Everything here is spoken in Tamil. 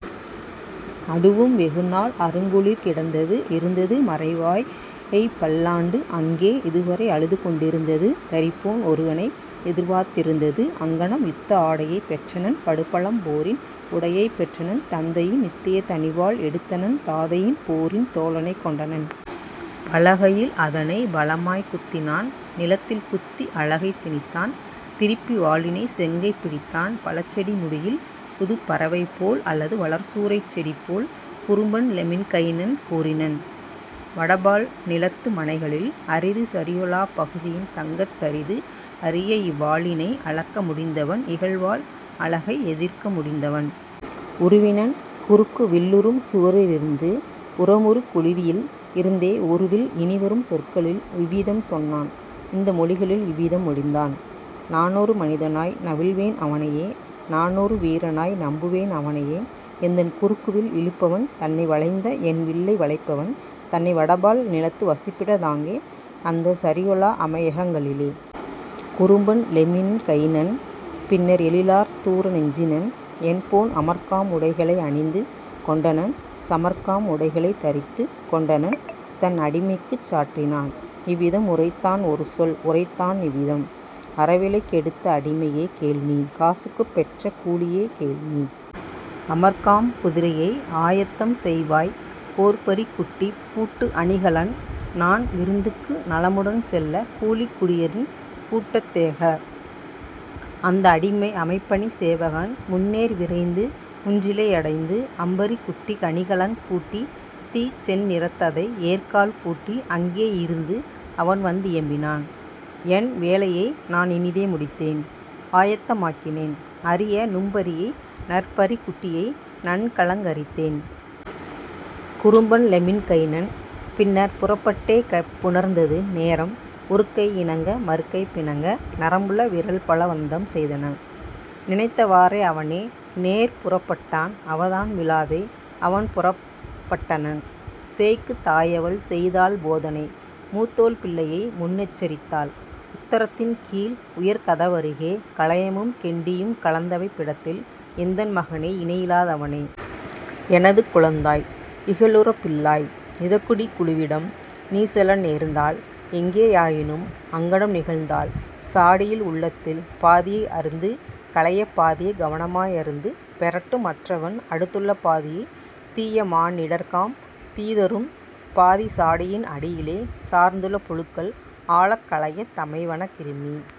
அதுவும் வெகுநாள் அருங்குளிர்க் கிடந்தது இருந்தது மறைவாய் இயைபல் லாண்டு அங்கே இதுவரை அழுதுகொண் டிருந்தது தரிப்போன் ஒருவனை எதிர்பார்த் திருந்தது. " அங்ஙனம் யுத்த ஆடையைப் பெற்றனன் படுபழம் போரின் உடையைப் பெற்றனன் தந்தையின் நித்தியத் தனிவாள் எடுத்தனன் தாதையின் போரின் தோழனைக் கொண்டனன் பலகையில் அதனைப் பலமாய்க் குத்தினான் நிலத்தில் குத்தி அலகைத் திணித்தான்: திருப்பி வாளினைச் செங்கைப் பிடித்தான் பழச்செடி முடியில் ஒருபுதுப் பறவைபோல் அல்லது வளர் சூ ரைச்செடி போல; குறும்பன் லெம்மின் கைனன் கூறினன்: "வடபால் நிலத்து மனைகளில் அரிது சரியொலாப் பகுதியின் தங்ககத் தரிது அரியஇவ் வாளினை அளக்க முடிந்தவன் இகல்வாள் அலகை எதிர்க்க முடிந்தவன். " உருவினன் குறுக்குவில் உறும்சுவ ரிருந்து உரமுறு கொளுவியில் இருந்தே ஒருவில் இனிவரும் சொற்களில் இவ்விதம் சொன்னான் இந்த மொழிகளில் இவ்விதம் மொழிந்தான்: "நானொரு மனிதனாய் நவில்வேன் அவனையே நானொரு வீரனாய் நம்புவேன் அவனையே எந்தன் குறுக்குவில் இழுப்பவன் தன்னை வளைந்தஎன் வில்லை வளைப்பவன் தன்னை வடபால் நிலத்து வசிப்பிடத் தாங்கே அந்தச் சரியொலா அமையகங் களிலே. " குறும்பன் லெம்மின் கைனன் பின்னர் எழிலார் தூர நெஞ்சினன் என்போன் அமர்க்காம் உடைகளை அணிந்து கொண்டனன் சமர்க்காம் உடைகளைத் தரித்துக் கொண்டனன் தன்அடி மைக்குச் சாற்றினான் இவ்விதம் உரைத்தான் ஒருசொல் உரைத்தான் இவ்விதம்: "அறவிலைக் கெடுத்த அடிமையே கேள்நீ! காசுக்குப் பெற்ற கூலியே, கேள்நீ! அமர்க்காம் குதிரையை ஆயத்தம் செய்வாய் போர்ப்பரிக் குட்டிக்குப் பூட்டு அணிகலன் நான்விருந் துக்கு நலமுடன் செல்ல கூளிக் குடியரின் கூட்டத் தேக! " அந்த அடிமை அமைபணிச் சேவகன் முன்னேர் விரைந்து முன்றிலை யடைந்து அம்பரிக் குட்டிக் கணிகலன் பூட்டி தீச்செந் நிறத்ததை ஏர்க்கால் பூட்டி அங்கே யிருந்து அவன்வந் தியம்பினான்: "என்வே லையைநான் இனிதே முடித்தேன் ஆயத்த மாக்கினேன் அரியநும் பரியை நற்பரிக் குட்டியை நன்கலங் கரித்தேன். " குறும்பன் லெம்மின் கைனன் பின்னர் புறப்பட் டேகப் புணர்ந்தது நேரம் ஒருகை இணங்க மறுகை பிணங்க நரம்புள விரல்பல வந்தம் செய்தன; நினைத்தவா றவனே நேர்புறப் பட்டான் அவதான மிலாதே அவன்புறப் பட்டனன். சேய்க்குத் தாயவள் செய்தாள் போதனை மூத்தோள் பிள்ளையை முன்னெச் சரித்தாள் உத்தரத் தின்கீழ் உயர்கத வருகே கலயமும் கெண்டியும் கலந்தவைப் பிடத்தில்: "எந்தன் மகனே, இணையிலா தவனே! எனது குழந்தாய், இகலுரப் பிள்ளாய்! நிதக்குடிக் குழுவிடம் நீசெல நேர்ந்தால் எங்கே யாயினும் அங்ஙனம் நிகழ்ந்தால் சாடியில் உள்ளதில் பாதியை அருந்து கலயப் பாதியே கவனமா யருந்து பெறட்டும் மற்றவன் அடுத்துள பாதியை தீயமா னிடர்க்காம் தீதுறும் பாதி சாடியின் அடியிலே சார்ந்துள புழுக்கள் ஆழக் கலயத் தமைவன கிருமி.